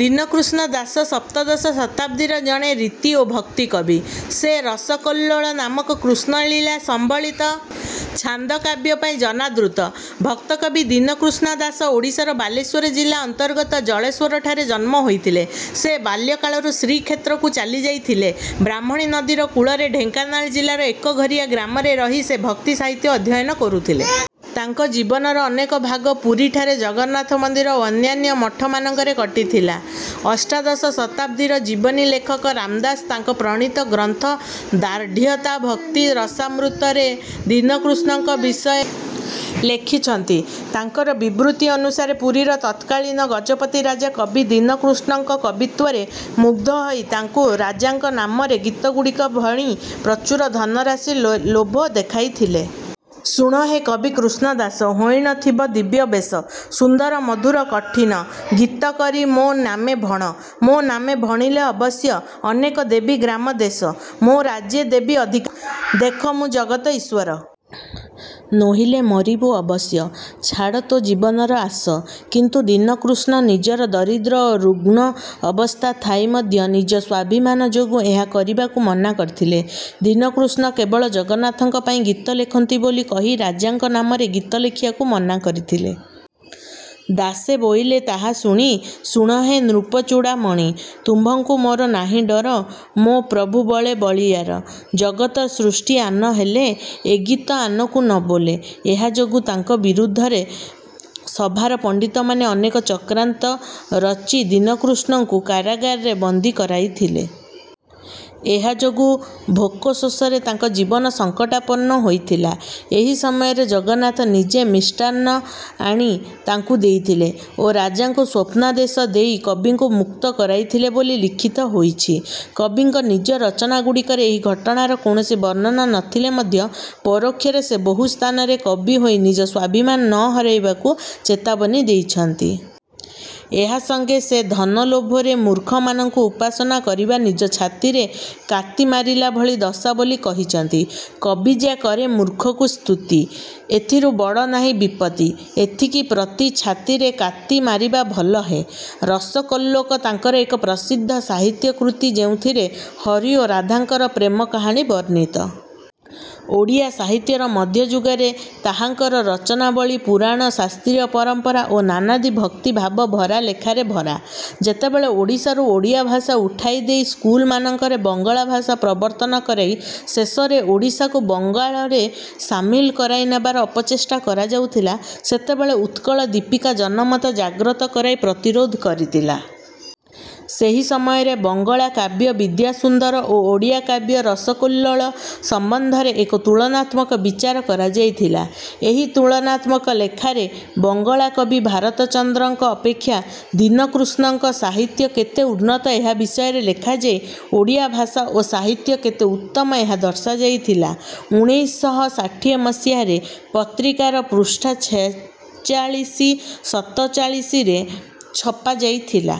ଦୀନକୃଷ୍ଣ ଦାସ ସପ୍ତଦଶ ଶତାବ୍ଦୀର ଜଣେ ରୀତି ଓ ଭକ୍ତି କବି। ସେ ରସକଲ୍ଲୋଳ ନାମକ କୃଷ୍ଣଲୀଳା ସମ୍ବଳିତ ଛାନ୍ଦକାବ୍ୟ ପାଇଁ ଜନାଦୃତ। ଭକ୍ତକବି ଦୀନକୃଷ୍ଣ ଦାସ ଓଡ଼ିଶାର ବାଲେଶ୍ୱର ଜିଲ୍ଲା ଅନ୍ତର୍ଗତ ଜଳେଶ୍ୱରଠାରେ ଜନ୍ମ ହୋଇଥିଲେ। ସେ ବାଲ୍ୟକାଳରୁ ଶ୍ରୀକ୍ଷେତ୍ରକୁ ଚାଲିଯାଇଥିଲେ। ବ୍ରାହ୍ମଣୀ ନଦୀର କୂଳରେ ଢେଙ୍କାନାଳ ଜିଲ୍ଲାର ଏକଘରିଆ ଗ୍ରାମରେ ରହି ସେ ଭକ୍ତିସାହିତ୍ୟ ଅଧ୍ୟୟନ କରୁଥିଲେ। ତାଙ୍କ ଜୀବନର ଅନେକ ଭାଗ ପୁରୀଠାରେ ଜଗନ୍ନାଥ ମନ୍ଦିର ଓ ଅନ୍ୟାନ୍ୟ ମଠମାନଙ୍କରେ କଟିଥିଲା। ଅଷ୍ଟାଦଶ ଶତାବ୍ଦୀର ଜୀବନୀ ଲେଖକ ରାମଦାସ ତାଙ୍କ ପ୍ରଣୀତ ଗ୍ରନ୍ଥ ଦାର୍ଢ଼୍ୟତାଭକ୍ତି ରସାମୃତରେ ଦୀନକୃଷ୍ଣଙ୍କ ବିଷୟରେ ଲେଖିଛନ୍ତି। ତାଙ୍କର ବିବୃତି ଅନୁସାରେ ପୁରୀର ତତ୍କାଳୀନ ଗଜପତି ରାଜା କବି ଦୀନକୃଷ୍ଣଙ୍କ କବିତ୍ୱରେ ମୁଗ୍ଧ ହୋଇ ତାଙ୍କୁ ରାଜାଙ୍କ ନାମରେ ଗୀତଗୁଡ଼ିକ ଭଣି ପ୍ରଚୁର ଧନରାଶି ଲୋଭ ଦେଖାଇଥିଲେ। ଶୁଣ ହେ କବି କୃଷ୍ଣ ଦାସ। ହୋଇଣ ଥିବ ଦିବ୍ୟ ବେଶ। ସୁନ୍ଦର ମଧୁର କଠିନ। ଗୀତ କରି ମୋ ନାମେ ଭଣ। ମୋ ନାମେ ଭଣିଲେ ଅବଶ୍ୟ। ଅନେକ ଦେବି ଗ୍ରାମ ଦେଶ। ମୋ ରାଜ୍ୟେ ଦେବି ଅଧିକାର। ଦେଖ ମୁଁ ଜଗତ ଈଶ୍ୱର। ନୋହିଲେ ମରିବୁ ଅବଶ୍ୟ। ଛାଡ଼ ତୋ ଜୀବନର ଆଶ। କିନ୍ତୁ ଦୀନକୃଷ୍ଣ ନିଜର ଦରିଦ୍ର ଓ ରୁଗ୍ଣ ଅବସ୍ଥା ଥାଇ ମଧ୍ୟ ନିଜ ସ୍ୱାଭିମାନ ଯୋଗୁଁ ଏହା କରିବାକୁ ମନା କରିଥିଲେ। ଦୀନକୃଷ୍ଣ କେବଳ ଜଗନ୍ନାଥଙ୍କ ପାଇଁ ଗୀତ ଲେଖନ୍ତି ବୋଲି କହି ରାଜାଙ୍କ ନାମରେ ଗୀତ ଲେଖିବାକୁ ମନା କରିଥିଲେ। ଦାସେ ବୋଇଲେ ତାହା ଶୁଣି। ଶୁଣ ହେ ନୃପଚୂଡ଼ାମଣି। ତୁମ୍ଭଙ୍କୁ ମୋର ନାହିଁ ଡର। ମୋ ପ୍ରଭୁ ବଳେ ବଳୀୟାର। ଜଗତ ସୃଷ୍ଟି ଆନ ହେଲେ। ଏ ଗୀତ ଆନକୁ ନ ବୋଲେ। ଏହା ଯୋଗୁଁ ତାଙ୍କ ବିରୁଦ୍ଧରେ ସଭାର ପଣ୍ଡିତମାନେ ଅନେକ ଚକ୍ରାନ୍ତ ରଚି ଦୀନକୃଷ୍ଣଙ୍କୁ କାରାଗାରରେ ବନ୍ଦୀ କରାଇଥିଲେ। ଏହା ଯୋଗୁଁ ଭୋକଶୋଷରେ ତାଙ୍କ ଜୀବନ ସଙ୍କଟାପନ୍ନ ହୋଇଥିଲା। ଏହି ସମୟରେ ଜଗନ୍ନାଥ ନିଜେ ମିଷ୍ଟାନ୍ନ ଆଣି ତାଙ୍କୁ ଦେଇଥିଲେ ଓ ରାଜାଙ୍କୁ ସ୍ୱପ୍ନାଦେଶ ଦେଇ କବିଙ୍କୁ ମୁକ୍ତ କରାଇଥିଲେ ବୋଲି ଲିଖିତ ହୋଇଛି। କବିଙ୍କ ନିଜ ରଚନାଗୁଡ଼ିକରେ ଏହି ଘଟଣାର କୌଣସି ବର୍ଣ୍ଣନା ନଥିଲେ ମଧ୍ୟ ପରୋକ୍ଷରେ ସେ ବହୁ ସ୍ଥାନରେ କବି ହୋଇ ନିଜ ସ୍ୱାଭିମାନ ନ ହରାଇବାକୁ ଚେତାବନୀ ଦେଇଛନ୍ତି। ଏହା ସଙ୍ଗେ ସେ ଧନ ଲୋଭରେ ମୂର୍ଖମାନଙ୍କୁ ଉପାସନା କରିବା ନିଜ ଛାତିରେ କାତି ମାରିଲା ଭଳି ଦଶା ବୋଲି କହିଛନ୍ତି। କବି ଯା କରେ ମୂର୍ଖକୁ ସ୍ତୁତି। ଏଥିରୁ ବଡ଼ ନାହିଁ ବିପତ୍ତି। ଏଥିକି ପ୍ରତି ଛାତିରେ କାତି ମାରିବା ଭଲ ହେ। ରସକଲ୍ଲୋଳ ତାଙ୍କର ଏକ ପ୍ରସିଦ୍ଧ ସାହିତ୍ୟ କୃତି ଯେଉଁଥିରେ ହରି ଓ ରାଧାଙ୍କର ପ୍ରେମ କାହାଣୀ ବର୍ଣ୍ଣିତ। ଓଡ଼ିଆ ସାହିତ୍ୟର ମଧ୍ୟଯୁଗରେ ତାହାଙ୍କର ରଚନାବଳୀ ପୁରାଣ ଶାସ୍ତ୍ରୀୟ ପରମ୍ପରା ଓ ନାନାଦି ଭକ୍ତି ଭାବ ଭରା ଲେଖାରେ ଭରା। ଯେତେବେଳେ ଓଡ଼ିଶାରୁ ଓଡ଼ିଆ ଭାଷା ଉଠାଇ ଦେଇ ସ୍କୁଲମାନଙ୍କରେ ବଙ୍ଗଳା ଭାଷା ପ୍ରବର୍ତ୍ତନ କରାଇ ଶେଷରେ ଓଡ଼ିଶାକୁ ବଙ୍ଗାଳରେ ସାମିଲ କରାଇ ନେବାର ଅପଚେଷ୍ଟା କରାଯାଉଥିଲା ସେତେବେଳେ ଉତ୍କଳ ଦୀପିକା ଜନମତ ଜାଗ୍ରତ କରାଇ ପ୍ରତିରୋଧ କରିଥିଲା। ସେହି ସମୟରେ ବଙ୍ଗଳା କାବ୍ୟ ବିଦ୍ୟାସୁନ୍ଦର ଓ ଓଡ଼ିଆ କାବ୍ୟ ରସକଲ୍ଲୋଳ ସମ୍ବନ୍ଧରେ ଏକ ତୁଳନାତ୍ମକ ବିଚାର କରାଯାଇଥିଲା। ଏହି ତୁଳନାତ୍ମକ ଲେଖାରେ ବଙ୍ଗଳା କବି ଭାରତଚନ୍ଦ୍ରଙ୍କ ଅପେକ୍ଷା ଦୀନକୃଷ୍ଣଙ୍କ ସାହିତ୍ୟ କେତେ ଉନ୍ନତ ଏହା ବିଷୟରେ ଲେଖାଯାଇ ଓଡ଼ିଆ ଭାଷା ଓ ସାହିତ୍ୟ କେତେ ଉତ୍ତମ ଏହା ଦର୍ଶାଯାଇଥିଲା। ଉଣେଇଶ ଶହ ଷାଠିଏ ମସିହାରେ ପତ୍ରିକାର ପୃଷ୍ଠା ଛେଚାଳିଶି-ସତଚାଳିଶିରେ ଛପାଯାଇଥିଲା।